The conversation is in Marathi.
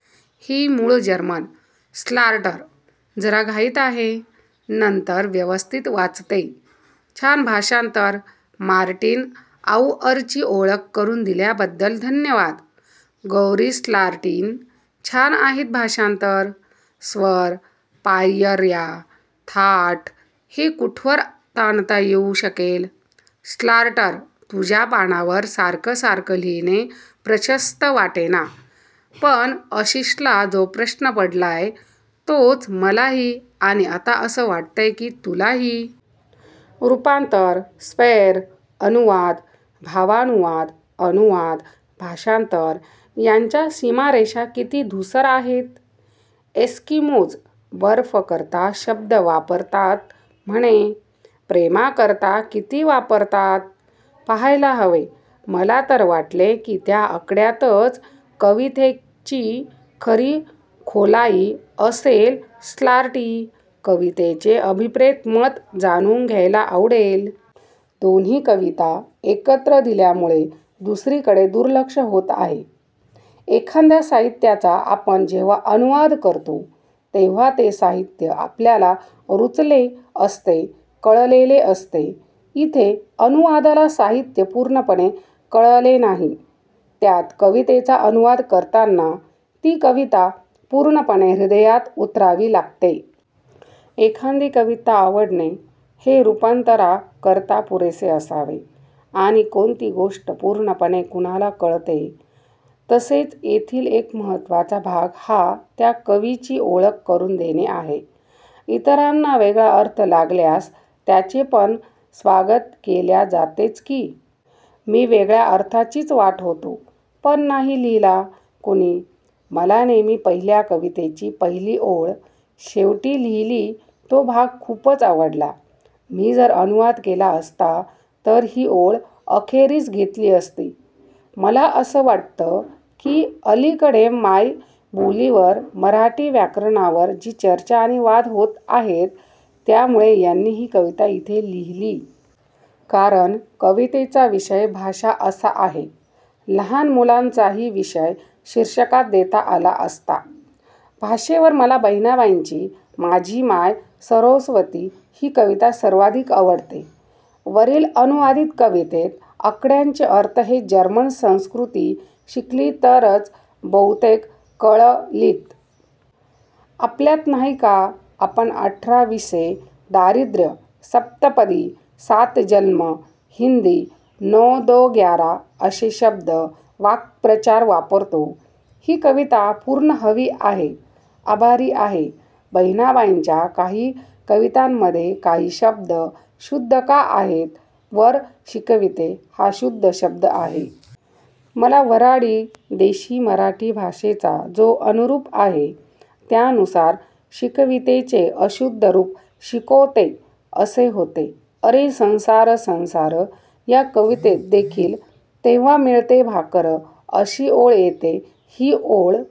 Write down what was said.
ही मूळ जर्मन. स्लार्ट्या- जरा घाईत आहे. नंतर व्यवस्थित वाचते. छान भाषांतर. मार्टिन आउअरची ओळख करून दिल्याबद्दल धन्यवाद! गौरीस्लार्टि, छान आहेत भाषांतरं. स्वर, पायर्या, थाट हे कुठवर ताणता येऊ शकेल? स्लार्ट्या- तुझ्या पानावर सारखं सारखं लिहीणे प्रशस्त वाटेना- पण आशिषला जो प्रश्न पडलाय तोच मलाही, आणि आता असं वाटतय की तुलाही. रुपांतर, स्वैर अनुवाद, भावानुवाद, अनुवाद, भाषांतर यांच्या सीमारेषा किती धुसर आहेत? एस्कीमोज बर्फाकरता शब्द वापरतात म्हणे. प्रेमाकरता किती वापरतात पहायला हवे. मला तर वाटले कि त्या आकड्यांतच कवितेची खरी खोलाइ असेलस्लार्टी, कविचे अभिप्रेत मत जाणुन घ्यायला आवडेल. दोन्ही कविता एकत्र दिल्यामुळे दुसरीकडे दुर्लक्ष होत आहे. एखाद्या साहित्याचा आपण जेंव्हा अनुवाद करतो तेंव्हा ते साहित्य आपल्याला रुचले असते कळलेले असते. इथे अनुवादकाला साहित्य पुर्णपणे कळले नाही. त्यात कवितेचा अनुवाद करताना ती कविता पुर्णपणे हृदयात उतरावी लागते. एखादी कविता आवडणे हे रुपांतरा करता पुरेसे असावे. आणि कोणती गोष्ट पुर्णपणे कुणाला कळते? तसेच येथील एक महत्वाचा भाग हा त्या कवीची ओळख करुन देणे आहे. ईतरांना वेगळा अर्थ लागल्यास त्याचे पण स्वागत केल्या जातेच की! मी वेगळ्या अर्थाचीच वाट होतो पण नाही लिहिला कुणी. मला नेमकी पहिल्या कवितेची पहिली ओळ शेवटी लिहिली तो भाग खूपच आवडला. मी जर अनुवाद केला असता तर ही ओळ अखेरीस घेतली असती. मला असं वाटतं की अलिकडे मायबोलिवर मराठी व्याकरणावर जी चर्चा आणि वाद होत आहेत त्यामुळे यानी ही कविता इथे लिहिली. कारण कवितेचा विषय भाषा असा आहे. लहान मुलांचाही विषय शीर्षकात देता आला असता. भाषेवर मला बहिणाबाईंची 'माझी माय सरोस्वती' ही कविता सर्वाधिक आवडते. वरील अनुवादीत कवितेत आकड्यांचे अर्थ हे जर्मन संस्कृती शिकली तरच बहुतेक कळलीत. आपल्यात नाही का आपण अठरा-वीसे दारिद्र्य, सप्तपदी, सात जन्म, हिन्दी नौ दो ग्यारा असे शब्द/वाक्प्रचार वापरतो. ही कविता पुर्ण हवी आहे. आभारी आहे.. बहिनाबाईंच्या काही कवितांमधे काही शब्द शुद्ध का आहेत? वर 'शिकविते 'हा शुद्ध शब्द आहे. मला वर्हाडी देशी मराठी भाषेचा जो अनुभव आहे त्यानुसार शिकवितेचे अशुद्ध रुप शिकोते असे होते. अरे संसार संसार या कवितेत देखील 'तेंव्हा मिळते भाकर' अशी ओळ येते. ही ओळ